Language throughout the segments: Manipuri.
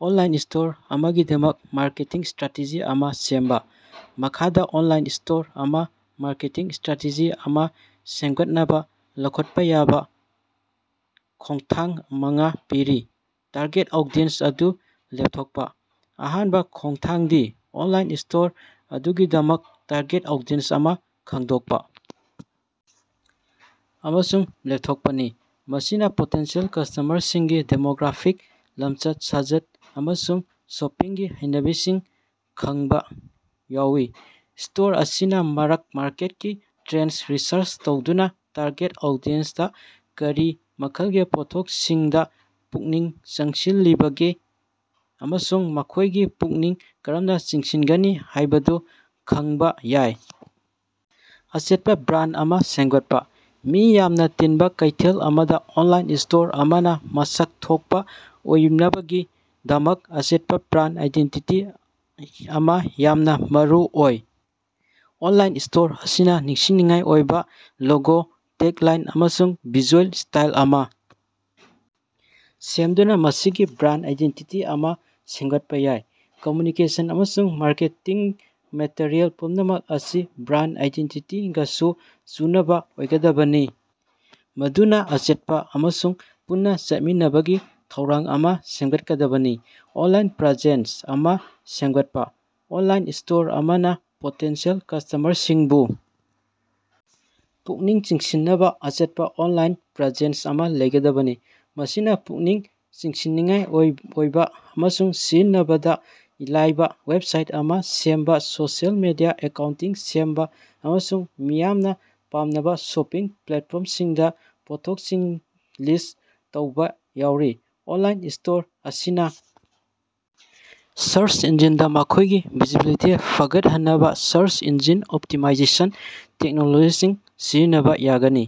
ꯑꯣꯟꯂꯥꯏꯟ ꯁ꯭ꯇꯣꯔ ꯑꯃꯒꯤꯗꯃꯛ ꯃꯥꯔꯀꯦꯇꯤꯡ ꯁꯇ꯭ꯔꯦꯇꯦꯖꯤ ꯑꯃ ꯁꯦꯝꯕꯥ꯫ ꯃꯈꯥꯗ ꯑꯣꯟꯂꯥꯏꯟ ꯁ꯭ꯇꯣꯔ ꯑꯃ ꯃꯥꯔꯀꯦꯇꯤꯡ ꯁꯇ꯭ꯔꯦꯇꯦꯖꯤ ꯑꯃ ꯁꯦꯝꯒꯠꯅꯕꯥ ꯂꯧꯈꯠꯄꯥ ꯌꯥꯕ ꯈꯣꯡꯊꯥꯡ ꯃꯉꯥ ꯄꯤꯔꯤ: ꯇꯥꯔꯒꯦꯠ ꯑꯧꯗꯤꯟꯁ ꯑꯗꯨ ꯂꯦꯞꯊꯣꯛꯄꯥ: ꯑꯍꯥꯟꯕꯥ ꯈꯣꯡꯊꯥꯡꯗꯤ ꯑꯣꯟꯂꯥꯏꯟ ꯁ꯭ꯇꯣꯔ ꯑꯗꯨꯒꯤꯗꯃꯛ ꯇꯥꯔꯒꯦꯠ ꯑꯧꯗꯤꯟꯁ ꯑꯗꯨ ꯈꯪꯗꯣꯛꯄꯥ ꯑꯃꯁꯨꯡ ꯂꯦꯞꯊꯣꯛꯄꯅꯤ꯫ ꯃꯁꯤꯅ ꯄꯣꯇꯦꯟꯁꯤꯌꯦꯜ ꯀ꯭ꯁꯇꯃꯔꯁꯤꯡꯒꯤ ꯗꯦꯃꯣꯒ꯭ꯔꯥꯐꯤꯛ, ꯂꯝꯆꯠ-ꯁꯥꯖꯠ ꯑꯃꯁꯨꯡ ꯁꯣꯄꯤꯡꯒꯤ ꯍꯩꯅꯕꯤꯁꯤꯡ ꯈꯪꯕꯥ ꯌꯥꯎꯏ꯫ ꯁ꯭ꯇꯣꯔ ꯑꯁꯤꯅ ꯃꯔꯛ ꯃꯥꯔꯀꯦꯠꯀꯤ ꯇ꯭ꯔꯦꯟꯁꯤꯡ ꯔꯤꯁꯔꯁ ꯇꯧꯗꯨꯅꯥ ꯇꯥꯔꯒꯦꯠ ꯑꯧꯗꯤꯑꯦꯟꯁꯗꯥ ꯀꯔꯤ ꯃꯈꯜꯒꯤ ꯄꯣꯠꯊꯣꯛꯁꯤꯡꯗꯥ ꯄꯨꯛꯅꯤꯡ ꯆꯪꯁꯤꯜꯂꯤꯕꯒꯦ ꯑꯃꯁꯨꯡ ꯃꯈꯣꯏꯒꯤ ꯄꯨꯛꯅꯤꯡ ꯀꯔꯝꯅꯥ ꯆꯤꯡꯁꯤꯟꯒꯅꯤ ꯍꯥꯏꯕꯗꯨ ꯈꯪꯕꯥ ꯌꯥꯏ꯫ ꯑꯆꯦꯠꯄꯥ ꯕ꯭ꯔꯥꯟ ꯑꯃ ꯁꯦꯝꯒꯠꯄꯥ: ꯃꯤ ꯌꯥꯝꯅ ꯇꯤꯟꯕꯥ ꯀꯩꯊꯦꯜ ꯑꯃꯗꯥ ꯑꯣꯟꯂꯥꯏꯟ ꯁ꯭ꯇꯣꯔ ꯑꯃꯅꯥ ꯃꯁꯛ ꯊꯣꯛꯄꯥ ꯑꯣꯏꯅꯕꯒꯤꯗꯃꯛ ꯑꯆꯦꯠꯄꯥ ꯕ꯭ꯔꯥꯟ ꯑꯥꯏꯗꯦꯟꯇꯤꯇꯤ ꯑꯃ ꯌꯥꯝꯅ ꯃꯔꯨꯑꯣꯏ꯫ ꯑꯣꯟꯂꯥꯏꯟ ꯁ꯭ꯇꯣꯔ ꯑꯁꯤꯅ ꯅꯤꯡꯁꯤꯡꯅꯤꯡꯉꯥꯏ ꯑꯣꯏꯕ ꯂꯣꯒꯣ, ꯇꯦꯒꯂꯥꯏꯟ, ꯑꯃꯁꯨꯡ ꯚꯤꯖꯨꯑꯦꯜ ꯁ꯭ꯇꯥꯏꯜ ꯑꯃ ꯁꯦꯝꯗꯨꯅꯥ ꯃꯁꯤꯒꯤ ꯕ꯭ꯔꯥꯟ ꯑꯥꯏꯗꯦꯟꯇꯤꯇꯤ ꯑꯃ ꯁꯦꯝꯒꯠꯄꯥ ꯌꯥꯏ꯫ ꯀꯝꯃ꯭ꯌꯨꯅꯤꯀꯦꯁꯟ ꯑꯃꯁꯨꯡ ꯃꯥꯔꯀꯦꯇꯤꯡ ꯃꯦꯇꯔꯤꯑꯦꯜ ꯄꯨꯝꯅꯃꯛ ꯑꯁꯤ ꯕ꯭ꯔꯥꯟ ꯑꯥꯏꯗꯦꯟꯇꯤꯇꯤꯒꯥꯁꯨ ꯆꯨꯅꯕꯥ ꯑꯣꯏꯒꯗꯕꯅꯤ ꯃꯗꯨꯅꯥ ꯑꯆꯦꯠꯄꯥ ꯑꯃꯁꯨꯡ ꯄꯨꯟꯅꯥ ꯆꯠꯃꯤꯟꯅꯕꯒꯤ ꯊꯧꯑꯣꯡ ꯑꯃ ꯁꯦꯝꯒꯠꯀꯗꯕꯅꯤ꯫ ꯑꯣꯟꯂꯥꯏꯟ ꯄ꯭ꯔꯦꯖꯦꯟꯁ ꯑꯃ ꯁꯦꯃꯒꯠꯄꯥ: ꯑꯣꯟꯂꯥꯏꯟ ꯁ꯭ꯇꯣꯔ ꯑꯃꯅꯥ ꯄꯣꯇꯦꯟꯁꯤꯌꯦꯜ ꯀꯁ꯭ꯇꯃꯔꯁꯤꯡꯕꯨ ꯄꯨꯛꯅꯤꯡ ꯆꯤꯡꯁꯤꯟꯅꯕꯥ ꯑꯆꯦꯠꯄꯥ ꯑꯣꯟꯂꯥꯏꯟ ꯄ꯭ꯔꯦꯖꯦꯟꯁ ꯑꯃ ꯂꯩꯒꯗꯕꯅꯤ꯫ ꯃꯁꯤꯅ ꯄꯨꯛꯅꯤꯡ ꯆꯤꯡꯁꯤꯟꯅꯤꯡꯉꯥꯏ ꯑꯣꯏ ꯑꯣꯏꯕ ꯑꯃꯁꯨꯡ ꯁꯤꯖꯤꯟꯅꯕꯗꯥ ꯂꯥꯏꯕ ꯋꯦꯕꯁꯥꯏꯠ ꯑꯃ ꯁꯦꯝꯕꯥ, ꯁꯣꯁꯤꯑꯦꯜ ꯃꯤꯗꯤꯌꯥ ꯑꯦꯀꯥꯎꯟꯇꯤꯡ ꯁꯦꯝꯕꯥ, ꯑꯃꯁꯨꯡ ꯃꯤꯌꯥꯝꯅ ꯄꯥꯝꯅꯕ ꯁꯣꯄꯤꯡ ꯄ꯭ꯂꯦꯠꯐꯣꯔꯝꯁꯤꯡꯗꯥ ꯄꯣꯠꯊꯣꯛꯁꯤꯡ ꯂꯤꯁ ꯇꯧꯕ ꯌꯥꯎꯔꯤ꯫ ꯑꯣꯟꯂꯥꯏꯟ ꯁ꯭ꯇꯣꯔ ꯑꯁꯤꯅ ꯁꯔꯁ ꯏꯟꯖꯤꯟꯗ ꯃꯈꯣꯏꯒꯤ ꯚꯤꯖꯤꯕꯤꯂꯤꯇꯤ ꯐꯒꯠꯍꯟꯅꯕꯥ ꯁꯔꯁ ꯏꯟꯖꯤꯟ ꯑꯣꯞꯇꯤꯃꯥꯏꯖꯦꯁꯟ ꯇꯦꯛꯅꯣꯂꯣꯖꯤꯁꯤꯡ ꯁꯤꯖꯤꯟꯅꯕꯥ ꯌꯥꯒꯅꯤ꯫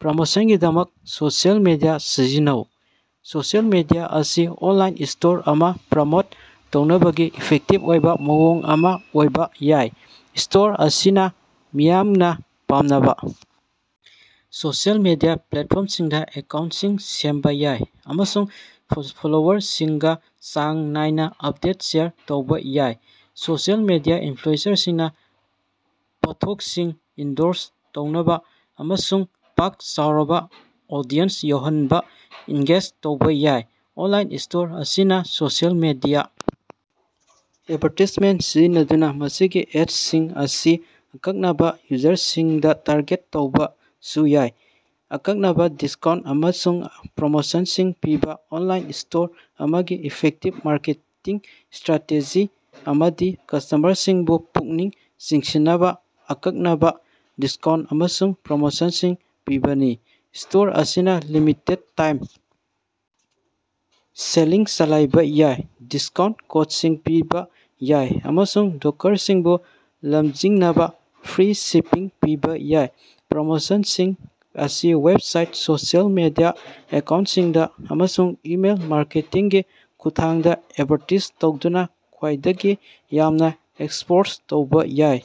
ꯄ꯭ꯔꯃꯣꯁꯟꯒꯤꯗꯃꯛ ꯁꯣꯁꯤꯑꯦꯜ ꯃꯤꯗꯤꯌꯥ ꯁꯤꯖꯤꯟꯅꯧ: ꯁꯣꯁꯤꯑꯦꯜ ꯃꯤꯗꯤꯌꯥ ꯑꯁꯤ ꯑꯣꯟꯂꯥꯏꯟ ꯁ꯭ꯇꯣꯔ ꯑꯃ ꯄ꯭ꯔꯃꯣꯠ ꯇꯧꯅꯕꯒꯤ ꯏꯐꯦꯛꯇꯤꯕ ꯑꯣꯏꯕ ꯃꯑꯣꯡ ꯑꯃ ꯑꯣꯏꯕ ꯌꯥꯏ꯫ ꯁ꯭ꯇꯣꯔ ꯑꯁꯤꯅ ꯃꯤꯌꯥꯝꯅ ꯄꯥꯝꯅꯕ ꯁꯣꯁꯤꯑꯦꯜ ꯃꯤꯗꯤꯌꯥ ꯄ꯭ꯂꯦꯠꯐꯣꯔꯝꯁꯤꯡꯗꯥ ꯑꯦꯀꯥꯎꯟꯁꯤꯡ ꯁꯦꯝꯕꯥ ꯌꯥꯏ ꯑꯃꯁꯨꯡ ꯐꯣꯂꯣꯋꯔꯁꯤꯡꯒꯥ ꯆꯥꯡ ꯅꯥꯏꯅ ꯑꯞꯗꯦꯠꯁꯤꯡ ꯁꯦꯌꯔ ꯇꯧꯕ ꯌꯥꯏ꯫ ꯁꯣꯁꯤꯑꯦꯜ ꯃꯤꯗꯤꯌꯥ ꯏꯟꯐ꯭ꯂꯨꯑꯦꯟꯁꯔꯁꯤꯡꯅꯥ ꯄꯣꯠꯊꯣꯛꯁꯤꯡ ꯏꯟꯗꯣꯔꯁ ꯇꯧꯅꯕꯥ ꯑꯃꯁꯨꯡ ꯄꯥꯛ ꯆꯥꯎꯔꯕ ꯑꯣꯗꯤꯌꯦꯟꯁ ꯌꯧꯍꯟꯕꯥ ꯑꯦꯡꯒꯦꯖ ꯇꯧꯕ ꯌꯥꯏ꯫ ꯑꯣꯟꯂꯥꯏꯟ ꯁ꯭ꯇꯣꯔ ꯑꯁꯤꯅ ꯁꯣꯁꯤꯑꯦꯜ ꯃꯤꯗꯤꯌꯥ ꯑꯦꯗꯚꯥꯔꯇꯤꯖꯃꯦꯟ ꯁꯤꯖꯤꯟꯅꯗꯨꯅꯥ ꯃꯁꯤꯒꯤ ꯑꯦꯠꯁꯤꯡ ꯑꯁꯤ ꯑꯀꯛꯅꯕꯥ ꯌꯨꯖꯔꯁꯤꯡꯗꯥ ꯇꯥꯔꯒꯦꯠ ꯇꯧꯕꯁꯨ ꯌꯥꯏ꯫ ꯑꯀꯛꯅꯕꯥ ꯗꯤꯁꯀꯥꯎꯟ ꯑꯃꯁꯨꯡ ꯄ꯭ꯔꯣꯃꯣꯁꯟꯁꯤꯡ ꯄꯤꯕꯥ: ꯑꯣꯟꯂꯥꯏꯟ ꯁ꯭ꯇꯣꯔ ꯑꯃꯒꯤ ꯏꯐꯦꯛꯇꯤꯕ ꯃꯥꯔꯀꯦꯇꯤꯡ ꯁꯇ꯭ꯔꯦꯇꯦꯖꯤ ꯑꯃꯗꯤ ꯀꯁ꯭ꯇꯃꯔꯁꯤꯡꯕꯨ ꯄꯨꯛꯅꯤꯡ ꯆꯤꯡꯁꯤꯟꯅꯕꯥ ꯑꯀꯛꯅꯕꯥ ꯗꯤꯁꯀꯥꯎꯟ ꯑꯃꯁꯨꯡ ꯄ꯭ꯔꯣꯃꯣꯁꯟꯁꯤꯡ ꯄꯤꯕꯅꯤ꯫ ꯁ꯭ꯇꯣꯔ ꯑꯁꯤꯅ ꯂꯤꯃꯤꯇꯦꯗꯠ-ꯇꯥꯏꯝ ꯁꯦꯜꯁꯤꯡ ꯆꯂꯥꯏꯕꯥ ꯌꯥꯏ, ꯗꯤꯁꯀꯥꯎꯟ ꯀꯣꯠꯁꯤꯡ ꯄꯤꯕꯥ ꯌꯥꯏ ꯑꯃꯁꯨꯡ ꯗꯣꯀꯔꯁꯤꯡꯕꯨ ꯂꯝꯖꯤꯡꯅꯕꯥ ꯐ꯭ꯔꯤ ꯁꯤꯄꯤꯡ ꯄꯤꯕꯥ ꯌꯥꯏ꯫ ꯄ꯭ꯔꯣꯃꯣꯁꯟꯁꯤꯡ ꯑꯁꯤ ꯋꯦꯕꯁꯥꯏꯠ, ꯁꯣꯁꯤꯑꯦꯜ ꯃꯤꯗꯤꯌꯥ ꯑꯦꯀꯥꯎꯟꯁꯤꯡꯗꯥ, ꯑꯃꯁꯨꯡ ꯏꯃꯦꯜ ꯃꯥꯔꯀꯦꯇꯤꯡꯒꯤ ꯈꯨꯠꯊꯥꯡꯗꯥ ꯑꯦꯗꯚꯥꯔꯇꯤꯖ ꯇꯧꯗꯨꯅꯥ ꯈ꯭ꯋꯥꯏꯗꯒꯤ ꯌꯥꯝꯅ ꯑꯦꯛꯁꯄꯣꯔꯁ ꯇꯧꯕ ꯌꯥꯏ꯫